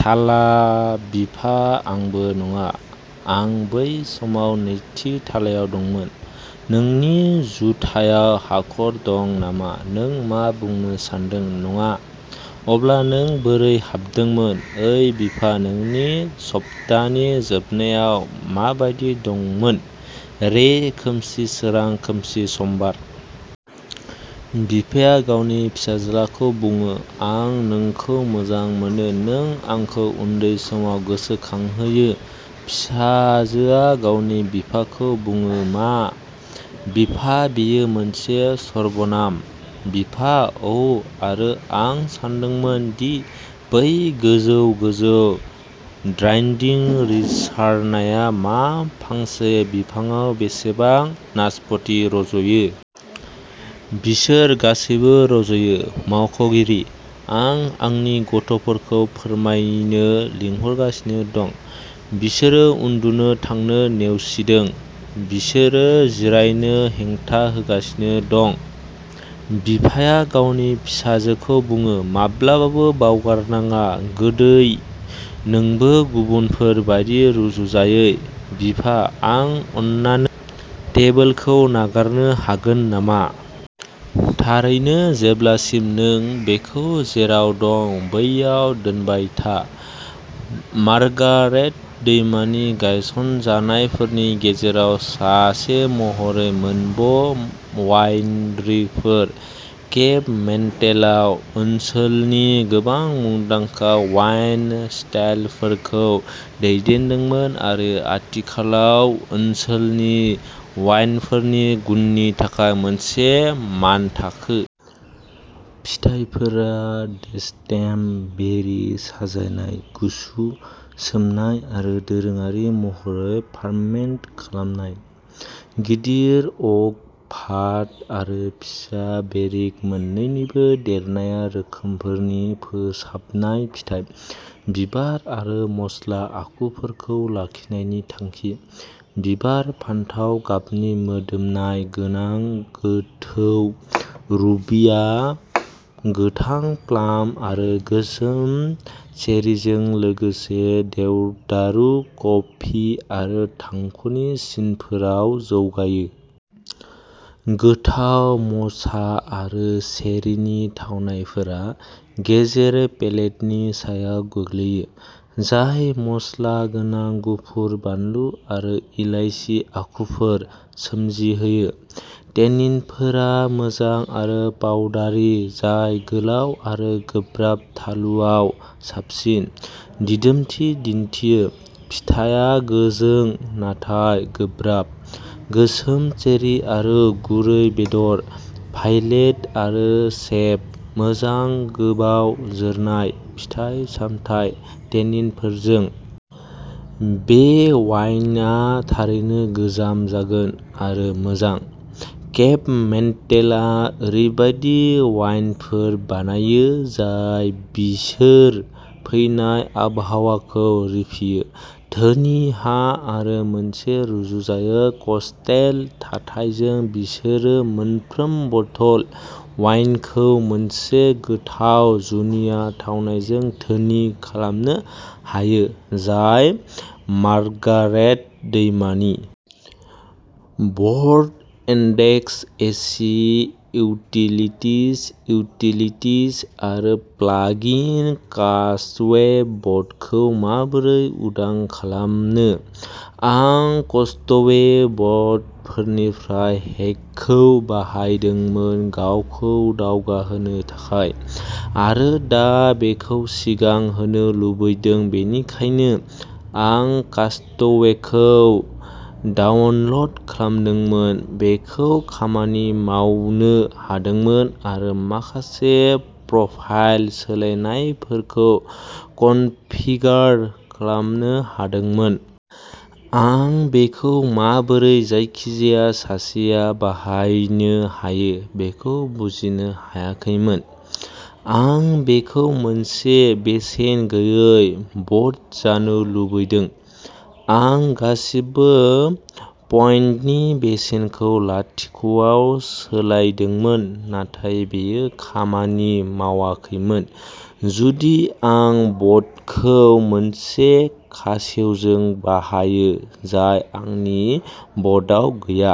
थाला? बिफा आंबो नङा, आं बै समाव नैथि थालायाव दंमोन। नोंनि जुथायाव हाखर दं नामा? नों मा बुंनो सान्दों, नङा, अब्ला नों बोरै हाबदोंमोन? ओइ बिफा, नोंनि सप्तानि जोबनायाव माबायदि दंमोन? रे, खोमसि, सोरां, खोमसि, समबार। बिफाया गावनि फिसाज्लाखौ बुङो आं नोंखौ मोजां मोनो। नों आंखौ उन्दै समाव गोसोखांहोयो। फिसाजोआ गावनि बिफाखौ बुङो मा? बिफा बेयो मोनसे सर्बनाम। बिफा अ'ह आरो आं सानदोंमोन दि बै गोजौ-गोजौ ग्राइन्डिं रिंसारनाया मा फांसे बिफांआव बेसेबां नासपति रज'यो? बिसोर गासैबो रज'यो। मावख'गिरि, आं आंनि गथ'फोरखौ फोरमायनो लिंहरगासिनो दं। बिसोरो उन्दुनो थांनो नेवसिदों। बिसोरो जिरायनो हेंथा होगासिनो दं। बिफाया गावनि फिसाजोखौ बुङोः "माब्लाबाबो बावगारनाङा, गोदै, नोंबो गुबुनफोर बायदि रुजुजायै।" बिफा, आं अन्नानै टेबोलखौ नागारनो हागोन नामा? थारैनो, जेब्लासिम नों बेखौ जेराव दं बैयाव दोनबाय था। मार्गारेट दैमानि गायसनजानायफोरनि गेजेराव सासे महरै। मोनबा' वाइनरिफोर, केप मेन्टेलआ ओनसोलनि गोबां मुंदांखा वाइन स्टाइलफोरखौ दैदेनदोंमोन आरो आथिखालाव ओनसोलनि वाइनफोरनि गुननि थाखाय मोनसे मानथाखो। फिथाइफोरा डेस्टेम्ड, बेरि साजायनाय, गुसु सोमनाय आरो दोरोङारि महरै फार्मेन्ट खालामनाय। गिदिर अक भाट आरो फिसा बेरिक मोन्नैनिबो देरनाया रोखोमफोरनि फोसाबनाय फिथाइ, बिबार आरो मस्ला आखुफोरखौ लाखिनायनि थांखि। बिबार, फान्थाव गाबनि मोदोमनाय गोनां गोथौ रुबिआ गोथां प्लाम आरो गोसोम चेरीजों लोगोसे देवदारु, कफि आरो थांखुनि सिनफोराव जौगायो। गोथाव म'चा आरो चेरीनि थावनायफोरा गेजेर-पेलेटनि सायाव गोग्लैयो, जाय मस्ला गोनां गुफुर बानलु आरो इलायसि आखुफोर सोमजिहोयो। टेनिनफोरा मोजां आरो पाउडारि, जाय गोलाव आरो गोब्राब थालुआव साबसिन दिदोमथि दिन्थियो। फिथायआ गोजों नाथाय गोब्राब, गोसोम चेरी आरो गुरै बेदर, भायलेट आरो सेप, मोजां, गोबाव जोरनाय, फिथाइ-सामथाय टेनिनफोरजों। बे वाइनआ थारैनो गोजाम जागोन, आरो मोजां। केप मेन्टेलआ ओरैबायदि वाइनफोर बानायो जाय बिसोर फैनाय आबहावाखौ रिफियो, धोनि हा आरो मोनसे रुजुजायै कस्टेल थाथायजों बिसोरो मोनफ्रोम बथल वाइनखौ मोनसे गोथाव जुनिया थावनायजों धोनि खालामनो हायो जाय मार्गारेट दैमानि। ब'र्ड इन्डेक्स एसि इउटिलितिज इउटिलितिज आरो प्लागिन कास्टवे बटखौ माबोरै उदां खालामनो? आं कास्टवे ब'टफोरनिफ्राय हेकखौ बाहायदोंमोन गावखौ दावगाहोनो थाखाय, आरो दा बेखौ सिगां होनो लुबैदों बेनिखायनो आं कास्टवेखौ डाउनल'ड खालामदोंमोन। बेखौ खामानि मावनो हादोंमोन, आरो माखासे प्रफाइल सोलायनायफोरखौ कनफिगार खालामनो हादोंमोन। आं बेखौ माबोरै जायखिजाया सासेआ बाहायनो हायो बेखौ बुजिनो हायाखैमोन। आं बेखौ मोनसे बेसेन गैयै ब'ट जानो लुबैदों। आं गासिबो पइन्टनि बेसेनखौ लाथिख'आव सोलायदोंमोन, नाथाय बेयो खामानि मावाखैमोन। जुदि आं ब'टखौ मोनसे खासेवजों बाहायो जाय आंनि ब'टआव गैया।